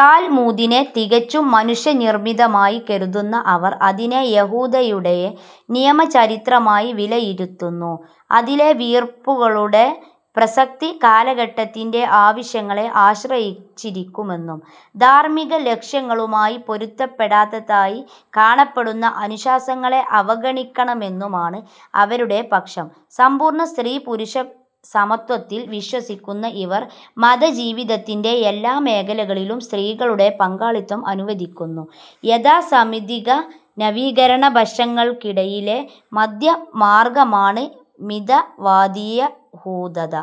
താൽമുദിനെ തികച്ചും മനുഷ്യനിർമ്മിതമായി കരുതുന്ന അവർ, അതിനെ യഹൂദതയുടെ നിയമചരിത്രമായി വിലയിരുത്തുന്നു. അതിലെ തീർപ്പുകളുടെ പ്രസക്തി കാലഘട്ടത്തിന്റെ ആവശ്യങ്ങളെ ആശ്രയിച്ചിരിക്കുമെന്നും ധാർമ്മികലക്ഷ്യങ്ങളുമായി പൊരുത്തപ്പെടാത്തതായി കാണപ്പെടുന്ന അനുശാസനങ്ങളെ അവഗണിക്കണമെന്നുമാണ് അവരുടെ പക്ഷം. സമ്പൂർണ്ണ സ്ത്രീപുരുഷസമത്വത്തിൽ വിശ്വസിക്കുന്ന ഇവർ മതജീവിതത്തിന്റെ എല്ലാം മേഖലകളിലും സ്ത്രീകളുടെ പങ്കാളിത്തം അനുവദിക്കുന്നു. യാഥാസ്ഥിതിക, നവീകരണപക്ഷങ്ങൾക്കിടയിലെ മദ്ധ്യമാർഗ്ഗമാണ് മിതവാദിയഹൂദത.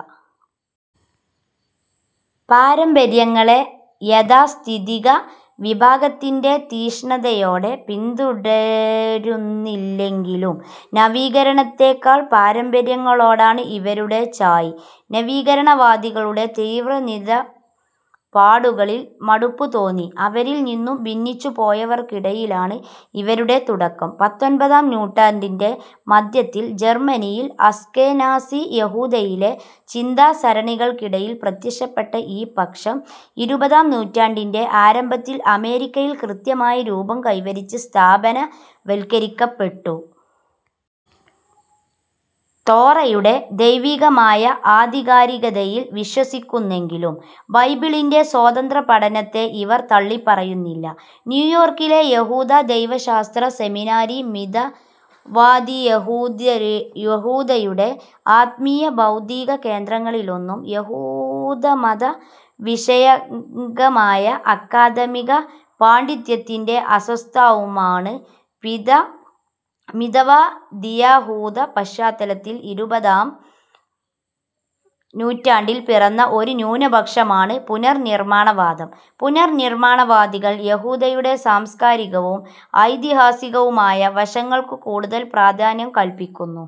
പാരമ്പര്യങ്ങളെ യാഥാസ്ഥിതിക വിഭാഗത്തിന്റെ തീക്ഷ്ണതയോടെ പിന്തുടരുന്നില്ലെങ്കിലും, നവീകരണത്തേക്കാൾ പാരമ്പര്യങ്ങളോടാണ് ഇവരുടെ ചായ്വ്. നവീകരണവാദികളുടെ തീവ്രനിലപാടുകളിൽ മടുപ്പുതോന്നി അവരിൽ നിന്നു ഭിന്നിച്ചുപോയവർക്കിടയിലാണ് ഇവരുടെ തുടക്കം. പത്തൊൻപതാം നൂറ്റാണ്ടിന്റെ മദ്ധ്യത്തിൽ ജർമ്മനിയിൽ അസ്കെനാസി യഹൂദതയിലെ ചിന്താസരണികൾക്കിടയിൽ പ്രത്യക്ഷപ്പെട്ട ഈ പക്ഷം, ഇരുപതാം നൂറ്റാണ്ടിന്റെ ആരംഭത്തിൽ അമേരിക്കയിൽ കൃത്യമായ രൂപം കൈവരിച്ച് സ്ഥാപനവൽക്കരിക്കപ്പെട്ടു. തോറയുടെ ദൈവികമായ ആധികാരികതയിൽ വിശ്വസിക്കുന്നെങ്കിലും ബൈബിളിന്റെ സ്വതന്ത്രപഠനത്തെ ഇവർ തള്ളിപ്പറയുന്നില്ല. ന്യൂയോർക്കിലെ യഹൂദ ദൈവശാസ്ത്ര സെമിനാരി, മിതവാദിയഹൂദതയുടെ ആത്മീയ, ബൗദ്ധിക കേന്ദ്രങ്ങളിലൊന്നും യഹൂദമതവിഷയകമായ അക്കാദമിക പാണ്ഡിത്യത്തിന്റെ ആസ്ഥാനവുമാണ്. മിതവാദിയഹൂദപശ്ചാത്തലത്തിൽ ഇരുപതാം നൂറ്റാണ്ടിൽ പിറന്ന ഒരു ന്യൂനപക്ഷമാണ് 'പുനർനിർമ്മാണവാദം'. പുനർനിർമ്മാണവാദികൾ യഹൂദതയുടെ സാംസ്കാരികവും ഐതിഹാസികവുമായ വശങ്ങൾക്കു കൂടുതൽ പ്രാധാന്യം കല്പിക്കുന്നു.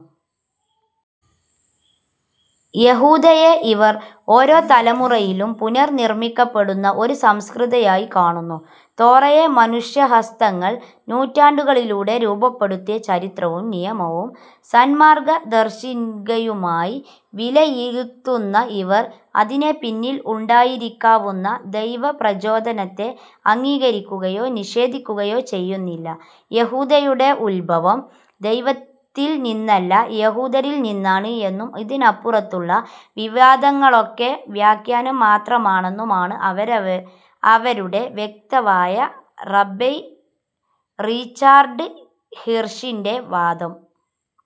യഹൂദതയെ ഇവർ, ഓരോ തലമുറയിലും പുനർനിർമ്മിക്കപ്പെടുന്ന ഒരു സംസ്കൃതിയായി കാണുന്നു. തോറയെ മനുഷ്യഹസ്തങ്ങൾ നൂറ്റാണ്ടുകളിലൂടെ രൂപപ്പെടുത്തിയ ചരിത്രവും നിയമവും സന്മാർഗ്ഗദർശികയുമായി വിലയിരുത്തുന്ന ഇവർ, അതിന്റെ പിന്നിൽ ഉണ്ടായിരിക്കാവുന്ന ദൈവപ്രചോദനത്തെ അംഗീകരിക്കുകയോ നിഷേധിക്കുകയോ ചെയ്യുന്നില്ല. "യഹൂദതയുടെ ഉത്ഭവം ദൈവത്തിൽ നിന്നല്ല യഹൂദരിൽ നിന്നാണ്" എന്നും അതിനപ്പുറത്തുള്ള വാദങ്ങളൊക്കെ വ്യാഖ്യാനം മാത്രമാണെന്നും ആണ് അവരുടെ വക്താവായ റബൈ റിച്ചാർഡ് ഹിർഷിന്റെ വാദം.